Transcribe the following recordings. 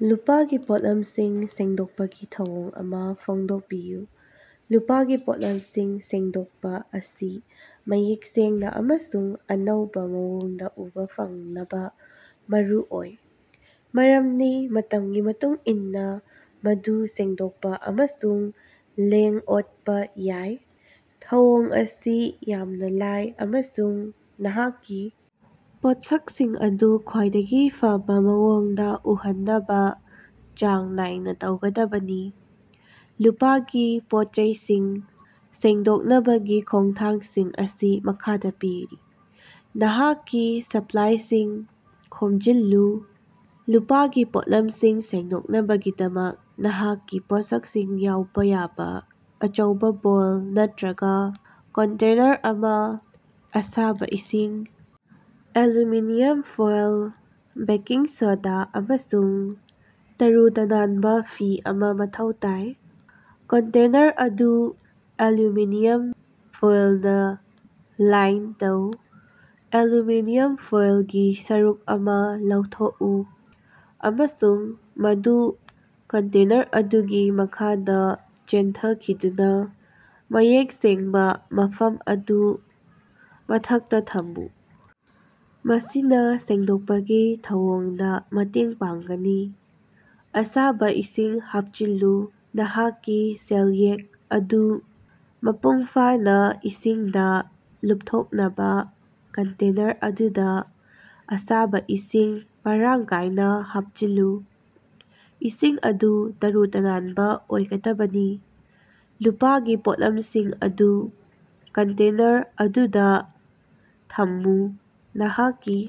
ꯂꯨꯄꯥꯒꯤ ꯄꯣꯠꯂꯝꯁꯤꯡ ꯁꯦꯡꯗꯣꯛꯄꯒꯤ ꯊꯧꯑꯣꯡ ꯑꯃꯥ ꯐꯣꯡꯗꯣꯛꯄꯤꯌꯨ꯫ ꯂꯨꯄꯥꯒꯤ ꯄꯣꯠꯂꯝꯁꯤꯡ ꯁꯦꯡꯗꯣꯛꯄ ꯑꯁꯤ ꯃꯌꯦꯛ ꯁꯦꯡꯅ ꯑꯃꯁꯨꯡ ꯑꯅꯧꯕ ꯃꯑꯣꯡꯗ ꯎꯕ ꯐꯪꯅꯕ ꯃꯔꯨꯑꯣꯏ, ꯃꯔꯝꯗꯤ ꯃꯇꯝꯒꯤ ꯃꯇꯨꯡ ꯏꯟꯅ ꯃꯗꯨ ꯁꯦꯡꯗꯣꯛꯄ ꯑꯃꯁꯨꯡ ꯂꯦꯡ-ꯑꯣꯠꯄ ꯌꯥꯏ꯫ ꯊꯧꯑꯣꯡ ꯑꯁꯤ ꯌꯥꯝꯅ ꯂꯥꯏ ꯑꯃꯁꯨꯡ ꯅꯍꯥꯛꯀꯤ ꯄꯣꯠꯁꯛꯁꯤꯡ ꯑꯗꯨ ꯈ꯭ꯋꯥꯏꯗꯒꯤ ꯐꯕ ꯃꯑꯣꯡꯗ ꯎꯍꯟꯅꯕ ꯆꯥꯡ ꯅꯥꯏꯅ ꯇꯧꯒꯗꯕꯅꯤ꯫ ꯂꯨꯄꯥꯒꯤ ꯄꯣꯠꯆꯩꯁꯤꯡ ꯁꯦꯡꯗꯣꯛꯅꯕꯒꯤ ꯈꯣꯡꯊꯥꯡꯁꯤꯡ ꯑꯁꯤ ꯃꯈꯥꯗ ꯄꯤꯔꯤ: ꯅꯍꯥꯛꯀꯤ ꯁꯄ꯭ꯂꯥꯏꯁꯤꯡ ꯈꯣꯝꯖꯤꯜꯂꯨ: ꯂꯨꯄꯥꯒꯤ ꯄꯣꯠꯂꯝꯁꯤꯡ ꯁꯦꯡꯗꯣꯛꯅꯕꯒꯤꯗꯃꯛ ꯅꯍꯥꯛꯀꯤ ꯄꯣꯠꯁꯛꯁꯤꯡ ꯌꯥꯎꯕ ꯌꯥꯕ ꯑꯆꯧꯕ ꯕꯣꯜ ꯅꯠꯇ꯭ꯔꯒ ꯀꯟꯇꯦꯅꯔ ꯑꯃ, ꯑꯁꯥꯕ ꯏꯁꯤꯡ, ꯑꯦꯂꯨꯃꯤꯅꯤꯌꯝ ꯐꯣꯏꯜ, ꯕꯦꯀꯤꯡ ꯁꯣꯗꯥ ꯑꯃꯁꯨꯡ ꯇꯔꯨ-ꯇꯅꯥꯟꯕ ꯐꯤ ꯑꯃ ꯃꯊꯧ ꯇꯥꯏ꯫ ꯀꯟꯇꯦꯅꯔ ꯑꯗꯨ ꯑꯦꯂꯨꯃꯤꯅꯤꯌꯝ ꯐꯣꯏꯜꯅ ꯂꯥꯏꯟ ꯇꯧ: ꯑꯦꯂꯨꯃꯤꯅꯤꯌꯝ ꯐꯣꯏꯜꯒꯤ ꯁꯔꯨꯛ ꯑꯃ ꯂꯧꯊꯣꯛꯎ ꯑꯃꯁꯨꯡ ꯃꯗꯨ ꯀꯟꯇꯦꯅꯔ ꯑꯗꯨꯒꯤ ꯃꯈꯥꯗ ꯆꯦꯟꯊꯈꯤꯗꯨꯅ ꯃꯌꯦꯛ ꯁꯦꯡꯕ ꯃꯐꯝ ꯑꯗꯨ ꯃꯊꯛꯇ ꯊꯝꯃꯨ꯫ ꯃꯁꯤꯅ ꯁꯦꯡꯗꯣꯛꯄꯒꯤ ꯊꯧꯑꯣꯡꯗ ꯃꯇꯦꯡ ꯄꯥꯡꯒꯅꯤ꯫ ꯑꯁꯥꯕ ꯏꯁꯤꯡ ꯍꯥꯞꯆꯤꯜꯂꯨ: ꯅꯍꯥꯛꯀꯤ ꯁꯦꯜꯌꯦꯛ ꯑꯗꯨ ꯃꯄꯨꯡꯐꯥꯅ ꯏꯁꯤꯡꯗ ꯂꯨꯞꯊꯣꯛꯅꯕ ꯀꯟꯇꯦꯅꯔ ꯑꯗꯨꯗ ꯑꯁꯥꯕ ꯏꯁꯤꯡ ꯃꯔꯥꯡ ꯀꯥꯏꯅ ꯍꯥꯞꯆꯤꯜꯂꯨ꯫ ꯏꯁꯤꯡ ꯑꯗꯨ ꯇꯔꯨ-ꯇꯅꯥꯟꯕ ꯑꯣꯏꯒꯗꯕꯅꯤ ꯫ ꯂꯨꯄꯥꯒꯤ ꯄꯣꯠꯂꯝꯁꯤꯡ ꯑꯗꯨ ꯀꯟꯇꯦꯅꯔ ꯑꯗꯨꯗ ꯊꯝꯃꯨ: ꯅꯍꯥꯛꯀꯤ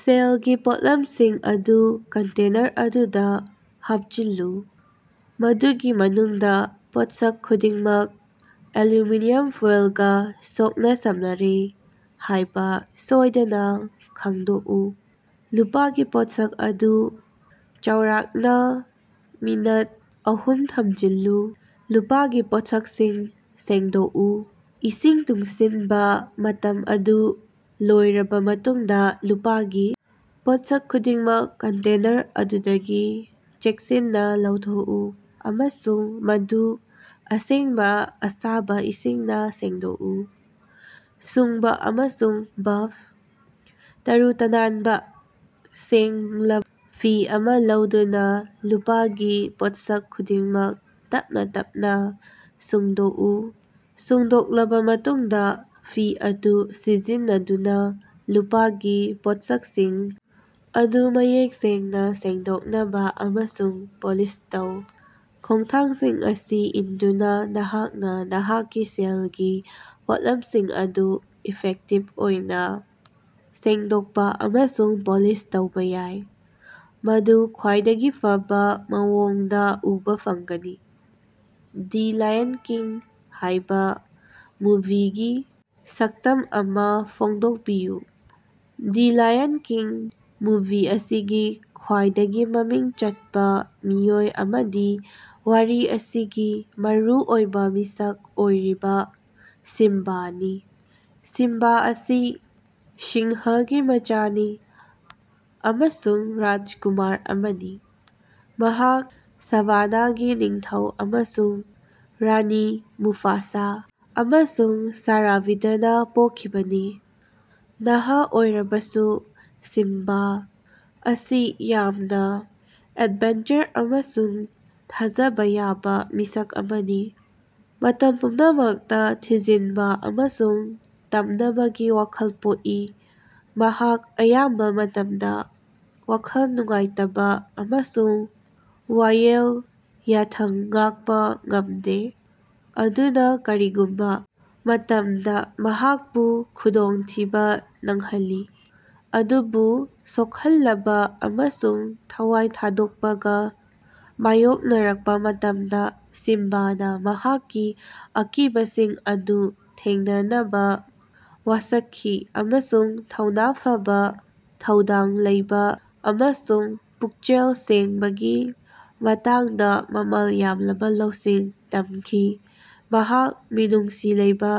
ꯁꯦꯜꯒꯤ ꯄꯣꯠꯂꯝꯁꯤꯡ ꯑꯗꯨ ꯀꯟꯇꯦꯅꯔ ꯑꯗꯨꯗ ꯍꯥꯞꯆꯤꯜꯂꯨ, ꯃꯗꯨꯒꯤ ꯃꯅꯨꯡꯗ ꯄꯣꯠꯁꯛ ꯈꯨꯗꯤꯡꯃꯛ ꯑꯦꯂꯨꯃꯤꯅꯤꯌꯝ ꯐꯣꯏꯜꯒ ꯁꯣꯛꯅ-ꯁꯝꯅꯔꯦ ꯍꯥꯏꯕ ꯁꯣꯏꯗꯅ ꯈꯪꯗꯣꯛꯎ꯫ ꯂꯨꯄꯥꯒꯤ ꯄꯣꯠꯁꯛ ꯑꯗꯨ ꯆꯥꯎꯔꯥꯛꯅ ꯃꯤꯅꯠ ꯑꯍꯨꯝ ꯊꯝꯖꯤꯜꯂꯨ꯫ ꯂꯨꯄꯥꯒꯤ ꯄꯣꯠꯁꯛꯁꯤꯡ ꯁꯦꯡꯗꯣꯛꯎ: ꯏꯁꯤꯡ ꯇꯨꯡꯁꯤꯟꯕ ꯃꯇꯝ ꯑꯗꯨ ꯂꯣꯏꯔꯕ ꯃꯇꯨꯡꯗ ꯂꯨꯄꯥꯒꯤ ꯄꯣꯠꯁꯛ ꯈꯨꯗꯤꯡꯃꯛ ꯀꯟꯇꯦꯅꯔ ꯑꯗꯨꯗꯒꯤ ꯆꯦꯛꯁꯤꯟꯅ ꯂꯧꯊꯣꯛꯎ ꯑꯃꯁꯨꯡ ꯃꯗꯨ ꯑꯁꯦꯡꯕ ꯑꯁꯥꯕ ꯏꯁꯤꯡꯅ ꯁꯦꯡꯗꯣꯛꯎ꯫ ꯁꯨꯡꯕ ꯑꯃꯁꯨꯡ ꯕꯐ: ꯇꯔꯨ-ꯇꯅꯥꯟꯕ, ꯁꯦꯡꯂꯕꯥ ꯐꯤ ꯑꯃ ꯂꯧꯗꯨꯅ ꯂꯨꯄꯥꯒꯤ ꯄꯣꯠꯁꯛ ꯈꯨꯗꯤꯡꯃꯛ ꯇꯞꯅ ꯇꯞꯅ ꯁꯨꯡꯗꯣꯛꯎ꯫ ꯁꯨꯡꯗꯣꯛꯂꯕ ꯃꯇꯨꯡꯗ ꯐꯤ ꯑꯗꯨ ꯁꯤꯖꯤꯟꯅꯗꯨꯅ ꯂꯨꯄꯥꯒꯤ ꯄꯣꯠꯁꯛꯁꯤꯡ ꯑꯗꯨ ꯃꯌꯦꯛ ꯁꯦꯡꯅ ꯁꯦꯡꯗꯣꯛꯅꯕ ꯑꯃꯁꯨꯡ ꯄꯣꯂꯤꯁ ꯇꯧ꯫ ꯈꯣꯡꯊꯥꯡꯁꯤꯡ ꯑꯁꯤ ꯏꯟꯗꯨꯅ ꯅꯍꯥꯛꯅ ꯅꯍꯥꯛꯀꯤ ꯁꯦꯜꯒꯤ ꯄꯣꯠꯂꯝꯁꯤꯡ ꯑꯗꯨ ꯏꯐꯦꯛꯇꯤꯚ ꯑꯣꯏꯅ ꯁꯦꯡꯗꯣꯛꯄ ꯑꯃꯁꯨꯡ ꯄꯣꯂꯤꯁ ꯇꯧꯕ ꯌꯥꯏ꯫ ꯃꯗꯨ ꯈ꯭ꯋꯥꯏꯗꯒꯤ ꯐꯕ ꯃꯑꯣꯡꯗ ꯎꯕ ꯐꯪꯒꯅꯤ꯫ "ꯗꯤ ꯂꯥꯌꯟ ꯀꯤꯡ" ꯍꯥꯏꯕ ꯃꯨꯚꯤꯒꯤ ꯁꯛꯇꯝ ꯑꯃ ꯐꯣꯡꯗꯣꯛꯄꯤꯌꯨ꯫ ꯗꯤ ꯂꯥꯌꯟ ꯀꯤꯡ ꯃꯨꯚꯤ ꯑꯁꯤꯒꯤ ꯈ꯭ꯋꯥꯏꯗꯒꯤ ꯃꯃꯤꯡ ꯆꯠꯄ ꯃꯤꯑꯣꯏ ꯑꯃꯗꯤ ꯋꯥꯔꯤ ꯑꯁꯤꯒꯤ ꯃꯔꯨ ꯑꯣꯏꯕ ꯃꯤꯁꯛ ꯑꯣꯏꯔꯤꯕ ꯁꯤꯝꯕꯥꯅꯤ꯫ ꯁꯤꯝꯕꯥ ꯑꯁꯤ ꯁꯤꯡꯍꯒꯤ ꯃꯆꯥ ꯑꯃꯁꯨꯡ ꯔꯥꯖꯀꯨꯃꯥꯔ ꯑꯃꯅꯤ꯫ ꯃꯍꯥꯛ ꯁꯥꯚꯥꯅꯥꯒꯤ ꯅꯤꯡꯊꯧ ꯑꯃꯁꯨꯡ ꯔꯥꯅꯤ, ꯃꯨꯐꯥꯁꯥ ꯑꯃꯁꯨꯡ ꯁꯥꯔꯥꯕꯤꯗꯅ ꯄꯣꯛꯈꯤꯕꯅꯤ꯫ ꯅꯍꯥ ꯑꯣꯏꯔꯕꯁꯨ, ꯁꯤꯝꯕꯥ ꯑꯁꯤ ꯌꯥꯝꯅ ꯑꯦꯗꯚꯦꯟꯆꯔ ꯑꯃꯁꯨꯡ ꯊꯥꯖꯕ ꯌꯥꯕ ꯃꯤꯁꯛ ꯑꯃꯅꯤ꯫ ꯃꯇꯝ ꯄꯨꯝꯅꯃꯛꯇ ꯊꯤꯖꯤꯟꯕ ꯑꯃꯁꯨꯡ ꯇꯝꯅꯕꯒꯤ ꯋꯥꯈꯜ ꯄꯣꯛꯏ꯫ ꯃꯍꯥꯛ ꯑꯌꯥꯝꯕ ꯃꯇꯝꯗ ꯋꯥꯈꯜ ꯅꯨꯡꯉꯥꯏꯇꯕ ꯑꯃꯁꯨꯡ ꯋꯥꯌꯦꯜ ꯌꯥꯊꯪ ꯉꯥꯛꯄ ꯉꯝꯗꯦ꯫ ꯑꯗꯨꯅ ꯀꯔꯤꯒꯨꯝꯕ ꯃꯇꯝꯗ ꯃꯍꯥꯛꯄꯨ ꯈꯨꯗꯣꯡꯊꯤꯕ ꯅꯪꯍꯜꯂꯤ꯫ ꯑꯗꯨꯕꯨ ꯁꯣꯛꯍꯜꯂꯕ ꯑꯃꯁꯨꯡ ꯊꯋꯥꯏ ꯊꯥꯗꯣꯛꯄꯒ ꯃꯥꯌꯣꯛꯅꯔꯛꯄ ꯃꯇꯝꯗ ꯁꯤꯝꯕꯥꯅ ꯃꯍꯥꯛꯀꯤ ꯑꯀꯤꯕꯁꯤꯡ ꯑꯗꯨ ꯊꯦꯡꯅꯅꯕ ꯋꯥꯁꯛꯈꯤ ꯑꯃꯁꯨꯡ ꯊꯧꯅꯥ ꯐꯕ, ꯊꯧꯗꯥꯡ ꯂꯩꯕ ꯑꯃꯁꯨꯡ ꯄꯨꯛꯆꯦꯜ ꯁꯦꯡꯕꯒꯤ ꯃꯇꯥꯡꯗ ꯃꯃꯜ ꯌꯥꯝꯂꯕ ꯂꯧꯁꯤꯡ ꯇꯝꯈꯤ꯫ ꯃꯍꯥꯛ ꯃꯤꯅꯨꯡꯁꯤ ꯂꯩꯕ,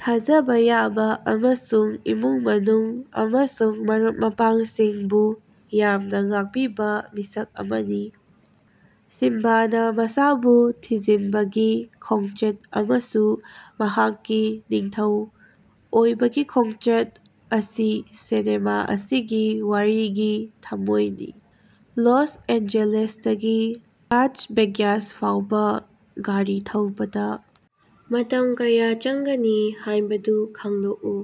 ꯊꯥꯖꯕ ꯌꯥꯕ ꯑꯃꯁꯨꯡ ꯏꯃꯨꯡ ꯃꯅꯨꯡ ꯑꯃꯁꯨꯡ ꯃꯔꯨꯞ ꯃꯄꯥꯡꯁꯤꯡꯕꯨ ꯌꯥꯝꯅ ꯉꯥꯛꯄꯤꯕ ꯃꯤꯁꯛ ꯑꯃꯅꯤ꯫ ꯁꯤꯝꯕꯥꯅ ꯃꯁꯥꯕꯨ ꯊꯤꯖꯤꯟꯕꯒꯤ ꯈꯣꯡꯆꯠ ꯑꯃꯁꯨꯡ ꯃꯍꯥꯛꯀꯤ ꯅꯤꯡꯊꯧ ꯑꯣꯏꯕꯒꯤ ꯈꯣꯡꯆꯠ ꯑꯁꯤ ꯁꯤꯅꯦꯃꯥ ꯑꯁꯤꯒꯤ ꯋꯥꯔꯤꯒꯤ ꯊꯃꯣꯏꯅꯤ꯫ ꯂꯣꯁ ꯑꯦꯟꯖꯦꯂꯦꯁꯇꯒꯤ ꯂꯥꯁ ꯚꯦꯒꯥꯁ ꯐꯥꯎꯕ ꯒꯥꯔꯤ ꯊꯧꯕꯗ ꯃꯇꯝ ꯀꯌꯥ ꯆꯪꯒꯅꯤ ꯍꯥꯏꯕꯗꯨ ꯈꯪꯗꯣꯛꯎ꯫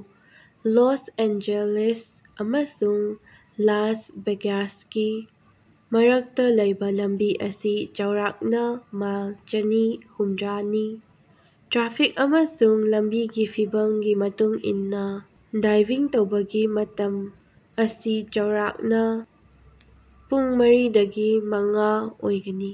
ꯂꯣꯁ ꯑꯦꯟꯖꯦꯖꯦꯁ ꯑꯃꯁꯨꯡ ꯂꯥꯁ ꯚꯦꯒꯥꯁꯀꯤ ꯃꯔꯛꯇ ꯂꯩꯕ ꯂꯝꯕꯤ ꯑꯁꯤ ꯆꯥꯎꯔꯥꯛꯅ ꯃꯥꯏꯜ ꯆꯅꯤ ꯍꯨꯝꯗ꯭ꯔꯥꯅꯤ꯫ ꯇ꯭ꯔꯥꯐꯤꯛ ꯑꯃꯁꯨꯡ ꯂꯝꯕꯤꯒꯤ ꯐꯤꯚꯝꯒꯤ ꯃꯇꯨꯡ ꯏꯟꯅ ꯗ꯭ꯔꯥꯏꯚꯤꯡ ꯇꯧꯕꯒꯤ ꯃꯇꯝ ꯑꯁꯤ ꯆꯥꯎꯔꯥꯛꯅ ꯄꯨꯡ ꯃꯔꯤꯗꯒꯤ ꯃꯉꯥ ꯑꯣꯏꯒꯅꯤ꯫